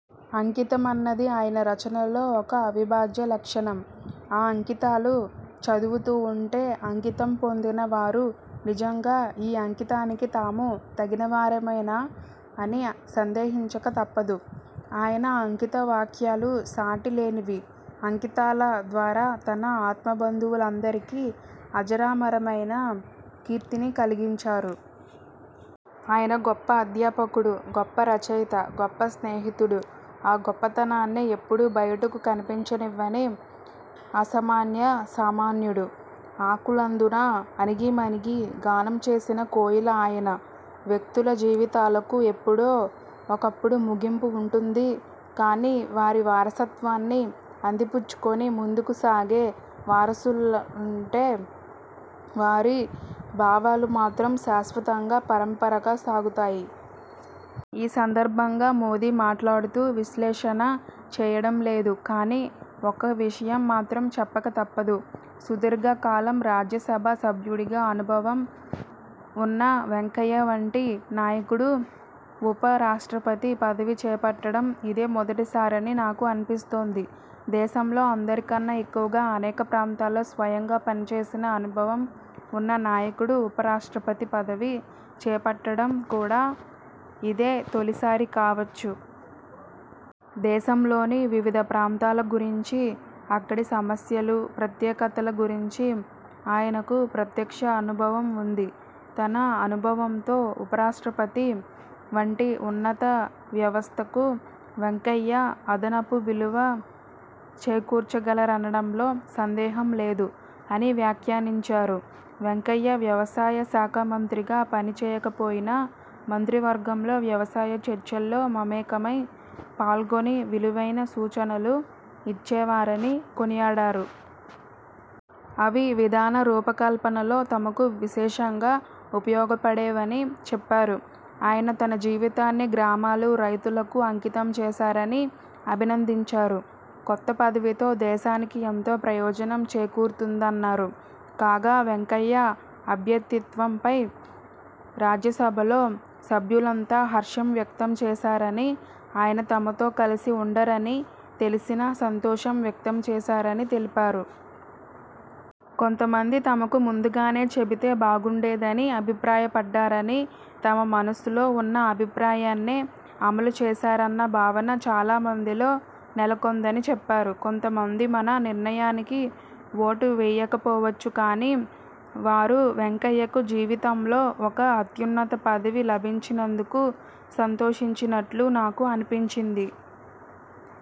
అంకితమన్నది ఆయన రచనలో ఒక అవిభాజ్య లక్షణం. ఆ అంకితాలు చదువుతూ ఉంటే అంకితం పొందిన వారు నిజంగా ఈ అంకితానికి తాము తగినవారమేనా అని సందేహించక తప్పదు. ఆయన అంకిత వాక్యాలు సాటి లేనివి. అంకితాల ద్వారా తన ఆత్మబంధువులందరికీ అజరామరమైన కీర్తిని కలిగించారు. ఆయన గొప్ప అధ్యాపకుడు, గొప్ప రచయిత, గొప్ప స్నేహితుడు. ఆ గొప్పతనాన్ని ఎప్పుడూ బయటకు కనిపించనివ్వని అసామాన్య సామాన్యుడు. ఆకులందున అణగిమణగీ గానం చేసిన కోయిల ఆయన. వ్యక్తుల జీవితాలకు ఎప్పుడో ఒకప్పుడు ముగింపు ఉంటుంది, కాని వారి వారసత్వాన్ని అందిపుచ్చుకుని ముందుకు సాగే వారసులుంటే వారి భావాలు మాత్రం శాశ్వతంగా పరంపరగా సాగుతాయి. ఈ సందర్భంగా మోదీ మాట్లాడుతూ, ''విశ్లేషణ చేయడం లేదు. కానీ, ఒక్క విషయం మాత్రం చెప్పక తప్పదు. సుదీర్ఘ కాలం రాజ్యసభ సభ్యుడిగా అనుభవం ఉన్న వెంకయ్య వంటి నాయకుడు ఉప రాష్ట్రపతి పదవి చేపట్టడం ఇదే మొదటిసారని నాకు అనిపిస్తోంది. దేశంలో అందరికన్నా ఎక్కువగా అనేక ప్రాంతాల్లో స్వయంగా పనిచేసిన అనుభవం ఉన్న నాయకుడు ఉప రాష్ట్రపతి పదవి చేపట్టడం కూడా ఇదే తొలిసారి కావచ్చు. దేశంలోని వివిధ ప్రాంతాల గురించి, అక్కడి సమస్యలు, ప్రత్యేకతల గురించి ఆయనకు ప్రత్యక్ష అనుభవం ఉంది. తన అనుభవంతో ఉపరాష్ట్రపతి వంటి ఉన్నత వ్యవస్థకు వెంకయ్య అదనపు విలువ చేకూర్చగలరనడంలో సందేహం లేదు'' అని వ్యాఖ్యానించారు. వెంకయ్య వ్యవసాయ శాఖ మంత్రిగా పని చేయకపోయినా మంత్రివర్గంలో వ్యవసాయ చర్చల్లో మమేకమై పాల్గొని విలువైన సూచనలు ఇచ్చే వారని కొనియాడారు. అవి విధాన రూపకల్పనలో తమకు విశేషంగా ఉపయోగపడేవని చెప్పారు. ఆయన తన జీవితాన్ని గ్రామాలు, రైతులకు అంకితం చేశారని అభినందించారు. కొత్త పదవితో దేశానికి ఎంతో ప్రయోజనం చేకూరుతుందన్నారు. కాగా, వెంకయ్య అభ్యర్థిత్వంపై రాజ్యసభలో సభ్యులంతా హర్షం వ్యక్తం చేశారని, ఆయన తమతో కలిసి ఉండరని తెలిసినా సంతోషం వ్యక్తం చేశారని తెలిపారు. కొంతమంది తమకు ముందుగానే చెబితే బాగుండేదని అభిప్రాయపడ్డారని, తమ మనసులో ఉన్న అభిప్రాయాన్నే అమలు చేశారన్న భావన చాలా మందిలో నెలకొందని చెప్పారు. ''కొంతమంది మన నిర్ణయానికి ఓటు వేయకపోవచ్చు. కానీ, వారు వెంకయ్యకు జీవితంలో ఒక అత్యున్నత పదవి లభించినందుకు సంతోషించినట్లు నాకు అనిపించింది.